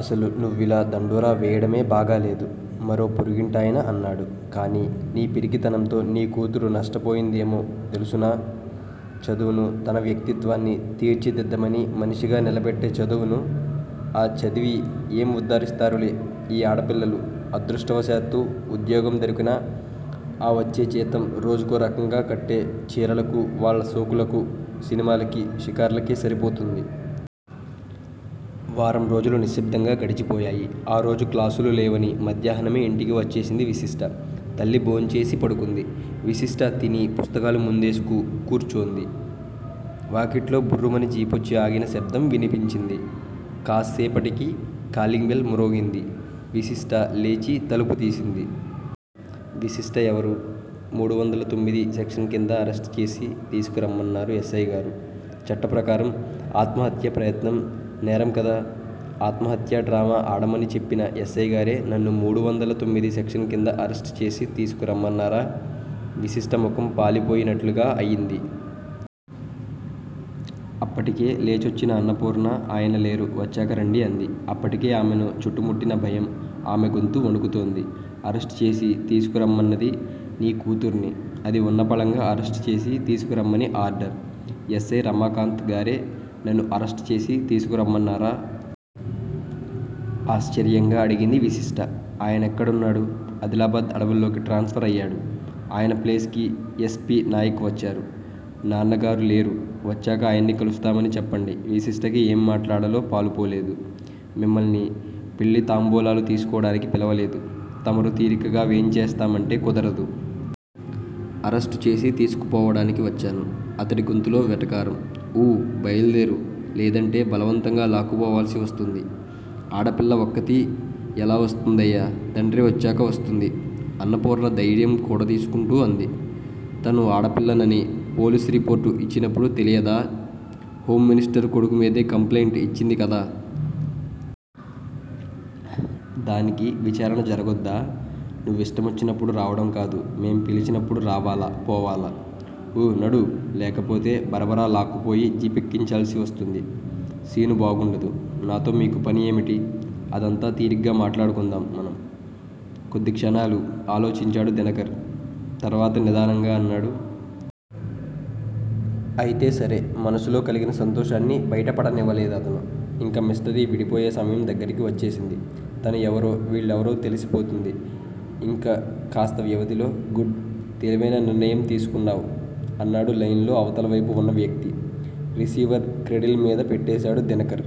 అసలు నువ్విలా దండోరా వేయడమే బాగాలేదు మరో పొరుగింటాయన అన్నాడు. కాని నీ పిరికితనంతో నీ కూతురు నష్టపోయిందేమో తెలుసునా? చదువును, తన వ్యక్తిత్వాన్ని తీర్చి దిద్దమని మనిషిగా నిలబెట్టే చదువును! ఆ చదివి ఏం ఉద్దరిస్తారులే ఈ ఆడపిల్లలు? అదృష్టవ శాత్తు ఉద్యోగం దొరికినా ఆ వచ్చే జీతం రోజుకో రకంగా కట్టే చీరలకూ, వాళ్ల షోకులకూ సినిమాలకీ, షికార్లకే సరిపోతుంది. వారం రోజులు నిశ్శబ్దంగా గడిచిపోయాయి. ఆ రోజు క్లాసులు లేవని మధ్యాహ్నమే ఇంటికి వచ్చేసింది విశిష్ట. తల్లి భోంచేసి పడుకుంది. విశిష్ట తిని పుస్తకాలు ముందేసుకు కూర్చొంది. వాకిట్లో బుర్రుమని జీపొచ్చి ఆగిన శబ్దం వినిపించింది. కాస్సేపటికి కాలింగ్ బెల్ మ్రోగింది. విశిష్ట లేచి తలుపు తీసింది. విశిష్ట ఎవరు? మూడు వందల తొమ్మిది సెక్షన్ కింద అరెస్ట్ చేసి తీసుకురమన్నారు ఎస్సైగారు! చట్ట ప్రకారం ఆత్మహత్యా ప్రయత్నం నేరంకదా? ఆత్మహత్యా డ్రామా ఆడమని చెప్పిన ఎస్సైగారే నన్ను మూడు వందల తొమ్మిది సెక్షన్ కింద అరెస్ట్ చేసి తీసుకురమ్మన్నారా? విశిష్ట ముఖం పాలిపోయి నట్లుగా అయింది. అప్పటికే లేచొచ్చిన అన్నపూర్ణ ఆయన లేరు! వచ్చాక రండి అంది. అప్పటికే ఆమెను చుట్టుముట్టిన భయం ఆమె గొంతు వణుకుతోంది. అరెస్ట్ చేసి తీసుకురమ్మన్నది నీ కూతుర్ని. అదీ వున్న పళంగా అరెస్ట్ చేసి తీసుకురమ్మని ఆర్డర్. ఎస్సై రమాకాంత్ గారే నన్ను అరెస్ట్ చేసి తీసుకురమ్మన్నారా? ఆశ్చర్యంగా అడిగింది విశిష్ట. ఆయనెక్కడున్నాడు? అదిలాబాద్ అడవుల్లోకి ట్రాన్స్ ఫర్ అయ్యాడు. ఆయన ప్లేస్ కి ఎస్. పి. నాయక్ వచ్చారు. నాన్నగారు లేరు! వచ్చాక ఆయన్ని కలుస్తామని చెప్పండి విశిష్టకి ఏం మాట్లాడాలో పాలుపోలేదు. మిమ్మల్ని పెళ్ళి తాంబూలాలు తీసుకోడానికి పిలువలేదు. తమరు తీరికగా వేంచేస్తామంటే కుదరదు. అరెస్ట్ చేసి తీసుకుపోవడానికి వచ్చాను. అతడి గొంతులో వెటకారం. ఊ! బయల్దేరు లేదంటే బలవంతంగా లాక్కుపోవాల్సి వస్తుంది. ఆడపిల్ల ఒక్కతీ ఎలా వస్తుందయ్యా? తండ్రి వచ్చాక వస్తుంది అన్నపూర్ణ ధైర్యం కూడదీసుకుంటూ అంది. తను ఆడపిల్లనని పోలీసు రిపోర్ట్ యిచ్చినప్పుడు తెలియదా? హోంమినిస్టరు కొడుకు మీదే కంప్లైంట్ ఇచ్చింది కదా? దానికి విచారణ జరగొద్దా? నువ్విష్టమొచ్చినప్పుడు రావడంకాదు. మేం పిలిచినప్పుడు రావాలా పోవాల. ఊ నడూ లేకపోతే బరబర లాక్కుపోయి జీపెక్కించాల్సి వస్తుంది. సీను బాగుండదు. నాతో మీకు పని ఏమిటి? అదంతా తీరిగ్గా మాట్లాడుకుందాం మనం! కొద్ది క్షణాలు ఆలోచించాడు దినకర్. తర్వాత నిదానంగా అన్నాడు. అయితే సరే! మనసులో కలిగిన సంతోషాన్ని బయట పడనివ్వలేదు అతను. ఇంక మిస్టరీ విడిపోయే సమయం దగ్గరికి వచ్చేసింది. తను ఎవరో, వీళ్ళెవరో తెలిసిపోతుంది ఇంక కాస్త వ్యవధిలో. గుడ్! తెలివైన నిర్ణయం తీసుకున్నావ్! అన్నాడు లైన్లో అవతలవైపు ఉన్న వ్యక్తి. రిసీవర్ క్రేడిల్ మీద పెట్టేశాడు దినకర్.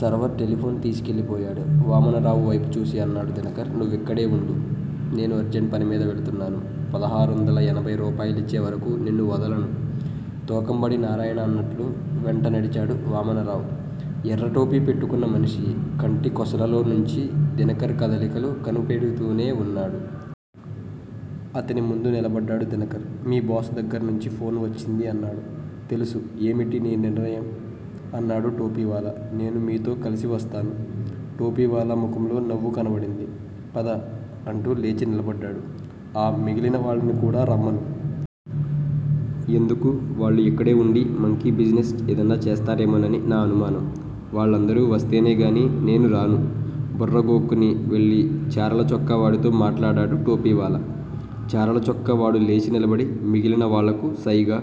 సర్వర్ టెలిఫోన్ తీసుకెళ్ళిపోయాడు. వామనరావు వైపు చూసి అన్నాడు దినకర్. నువ్విక్కడే వుండు! నేను అర్జెంట్ పనిమీద వెళుతున్నాను. పదహారొందల ఎనభై రూపాయలిచ్చే వరకు నిన్ను వదలను తోకంబడి నారాయణ అన్నట్లు వెంట నడిచాడు వామనరావు. ఎర్రటోపీ పెట్టుకున్న మనిషి కంటి కొసలలో నుంచి దినకర్ కదలికలు కనిపెడుతూనే వున్నాడు. అతని ముందు నిలబడ్డాడు దినకర్. మీ బాస్ దగ్గర్నుంచి ఫోన్ వచ్చింది అన్నాడు. తెలుసు ఏమిటి నీ నిర్ణయం? అన్నాడు టోపీ వాలా. నేను మీతో కలిసి వస్తాను. టోపీవాలా ముఖంలో నవ్వు కనబడింది. పద! అంటూ లేచి నిలబడ్డాడు. ఆ మిగిలిన వాళ్ళని కూడా రమ్మను. ఎందుకు? వాళ్ళు ఇక్కడే వుండి మంకీ బిజినెస్ ఏదన్నా చేస్తారేమోనని నా అనుమానం! వాళ్ళందరూ వస్తేనేగానీ నేను రాను. బుర్ర గోక్కొని వెళ్ళి చారల చొక్కా వాడితో మాట్లాడాడు టోపీ వాలా. చారల చొక్కావాడు లేచి నిలబడి మిగిలిన వాళ్ళకు సైగ